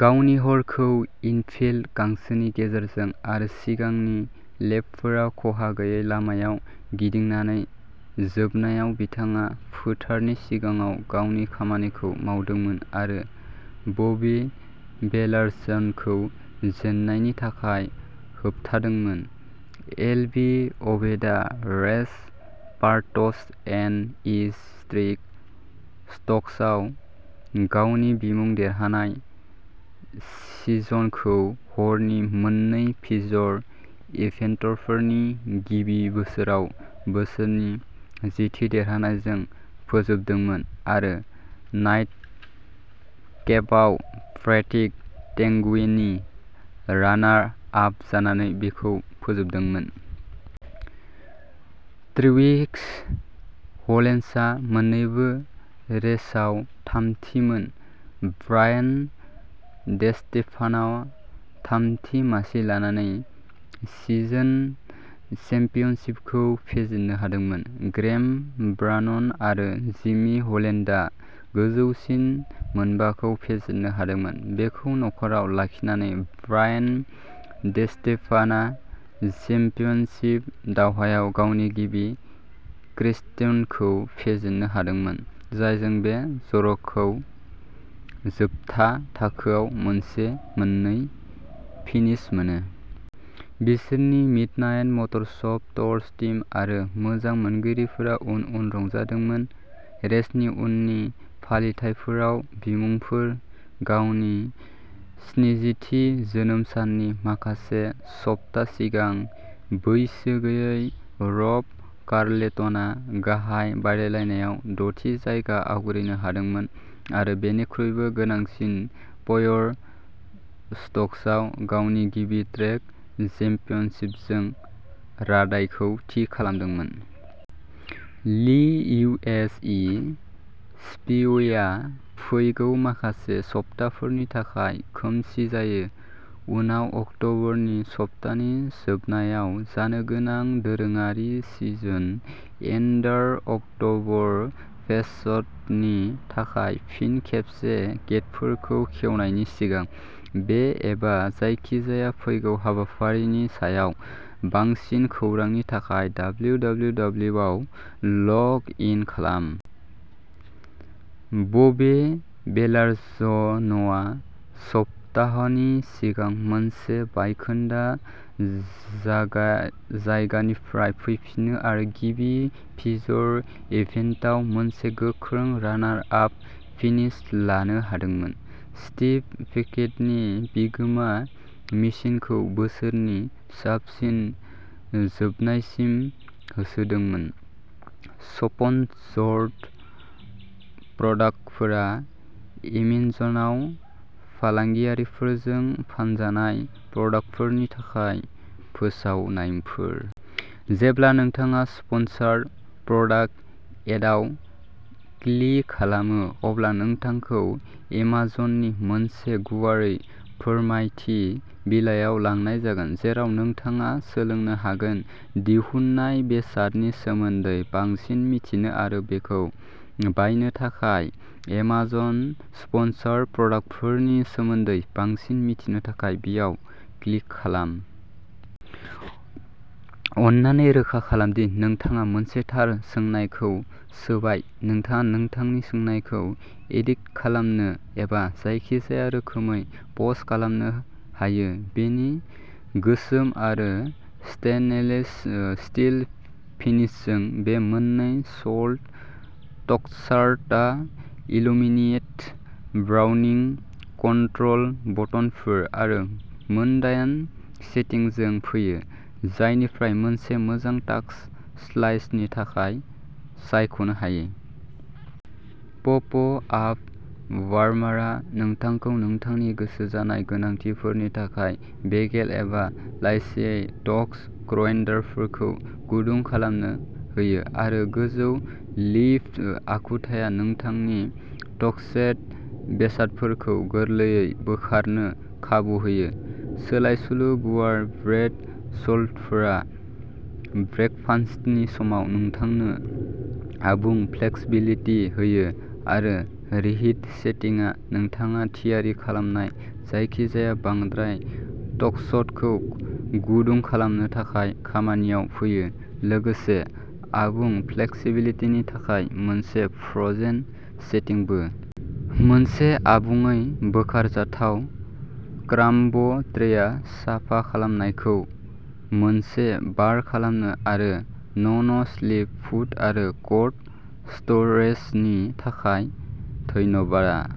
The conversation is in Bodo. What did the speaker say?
गावनि हरखौ, इनफिल्ड गांसोनि गेजेरजों आरो सिगांनि लेपफोराव खहा गैयै लामायाव गिदिंनानै। जोबनायाव बिथाङा फोथारनि सिगाङाव गावनि खामानिखौ मावदोंमोन, आरो बबी बेलार्जनखौ जेन्नायनि थाखाय होबथादोंमोन। एल्बी अभिटआ race parts N. H. Street स्टक्सआव गावनि बिमुं-देरहानाय सिजनखौ हरनि मोन्नै फीचर इभेन्टफोरनि गिबि बोसोराव बोसोरनि जिथि देरहानायजों फोजोबदोंमोन, आरो नाइटकेपआव पैट्रिक टेंगुएनि रानार-आप जानानै बेखौ फोजोबदोंमोन। ट्रेविस ह'लिन्सआ मोन्नैबो रेसाव थामथि मोन। ब्रायन डेस्टेफान'आ थामथि मासि लानानै सिजन चेम्पियनशिपखौ फेजेन्नो हादोंमोन, ग्रेग ब्रानन आरो जेमी ह'लेन्डआ गोजौसिन मोनबाखौ फेजेन्नो हादोंमोन। बेखौ नखराव लाखिनानै, ब्रायन डेस्टेफान'आ चेम्पियनशिप दावहायाव गावनि बिसि क्रिस्टिनखौ फेजेन्नो हादोंमोन, जायजों बे जराखौ जोबथा थाखोआव मोनसे-मोननै फिनिश मोनो। बिसोरनि मिडनाइट मटरस्प'र्ट्स टीम आरो मोजां मोनगिरिफोरा उन उन रंजादोंमोन। रेसनि उननि फालिथायफोराव बिमुंफोर। गावनि स्निजि थि जोनोम साननि माखासे सप्ता सिगां, बैसो गैयै रब कार्लेटनआ गाहाय बादायलायनायाव द'थि जायगा आवग्रिनो हादोंमोन, आरो बेनिख्रुइबो गोनांसिनै, प्य'र स्टक्सआव गावनि गिबि ट्रेक चेम्पियनशिपजों रादायखौ थि खालामदोंमोन। ली इउ. एस. ए. स्पीडवेआ फैगौ माखासे सप्ताफोरनि थाखाय खोमसि जायो, उनाव अक्ट'बरनि सप्तानि जोबनायाव जानो गोनां दोरोङारि सिजन-एन्डार, अकट'बरफेस्टनि थाखाय फिन खेबसे गेतफोरखौ खेवनायनि सिगां। बे एबा जायखिजाया फैगौ हाबाफारिनि सायाव बांसिन खौरांनि थाखाय, दब्लियव दब्लियव दब्लियव आव लग इन खालाम। बबे बेलार्ज'नआ सप्ताहनि सिगां मोनसे बायखोन्दा जागा जायगानिफ्राय फैफिनो आरो गिबि फीचर इभेन्टआव मोनसे गोख्रों रानार-आप फिनिश लानो हादोंमोन, स्टीव पेक्वेटनि बिगोमा मेसिनखौ बोसोरनि साबसिन जोबनायसिम होसोदोंमोन। स्पन्सर्ड प्रडाक्टफोरा एमेजनआव फालांगियारिफोरजों फानजानाय प्रडाक्टफोरनि थाखाय फोसावनायफोर। जेब्ला नोंथाङा स्पन्सर्ड प्रडाक्ट एडआव क्लिक खालामो, अब्ला नोंथांखौ एमेजननि मोनसे गुवारै फोरमायथि बिलाइयाव लांनाय जागोन जेराव नोंथाङा सोलोंनो हागोन। दिहुनजानाय बेसादनि सोमोन्दै बांसिन मिथिनो आरो बेखौ बायनो थाखाय। एमेजन स्पन्सर्ड प्रडाक्टफोरनि सोमोन्दै बांसिन मिथिनो थाखाय, बेयाव क्लिक खालाम। अन्नानै रोखा खालाम दि नोंथाङा मोनसे थार सोंनायखौ सोबाय। नोंथाङा नोंथांनि सोंनायखौ एडिट खालामनो एबा जायखिजाया रोखोमै पस्ट खालामनो हायो। बेनि गोसोम आरो स्टेइनलेस ओ स्टील फिनिशजों बे मोननै स्लट टस्टारआ इलुमिनेटेड ब्राउनिं कन्ट्रल बटनफोर आरो मोनदाइन सेटिंसजों फैयो, जायनिफ्राय मोनसे मोजां टास्ट स्लाइसनि थाखाय सायख'नो हायो। पप आप वार्मारआ नोंथांखौ नोंथांनि गोसो जानाय गोनांथिफोरनि थाखाय बेगेल एबा लासैयै टस्ट क्र'एसेन्टफोरखौ गुदुं खालामनो होयो आरो गोजौ लिफ्ट आखुथाया नोंथांनि टस्टेड बेसादफोरखौ गोरलैयै बोखारनो खाबु होयो। सोलायस्लु गुवार ब्रेड स्लटफोरा ब्रेकफास्टनि समाव नोंथांनो आबुं फ्लेक्सिबिलिटि होयो आरो रिहिट सेटिंआ नोंथाङा थियारि खालामनाय जायखिजाया बांद्राय टस्टखौ गुदुं खालामनो थाखाय खामानियाव फैयो, लोगोसे आबुं फ्लेक्सिबिलिटिनि थाखाय मोनसे फ्र'जेन सेटिंबो। मोनसे आबुङै बोखारजाथाव क्राम्ब ट्रेआ साफा खालामनायखौ मोनसे बार खालामो आरो नन-स्लिप फुट आरो कर्ड स्टरेजनि थाखाय धन्यबा।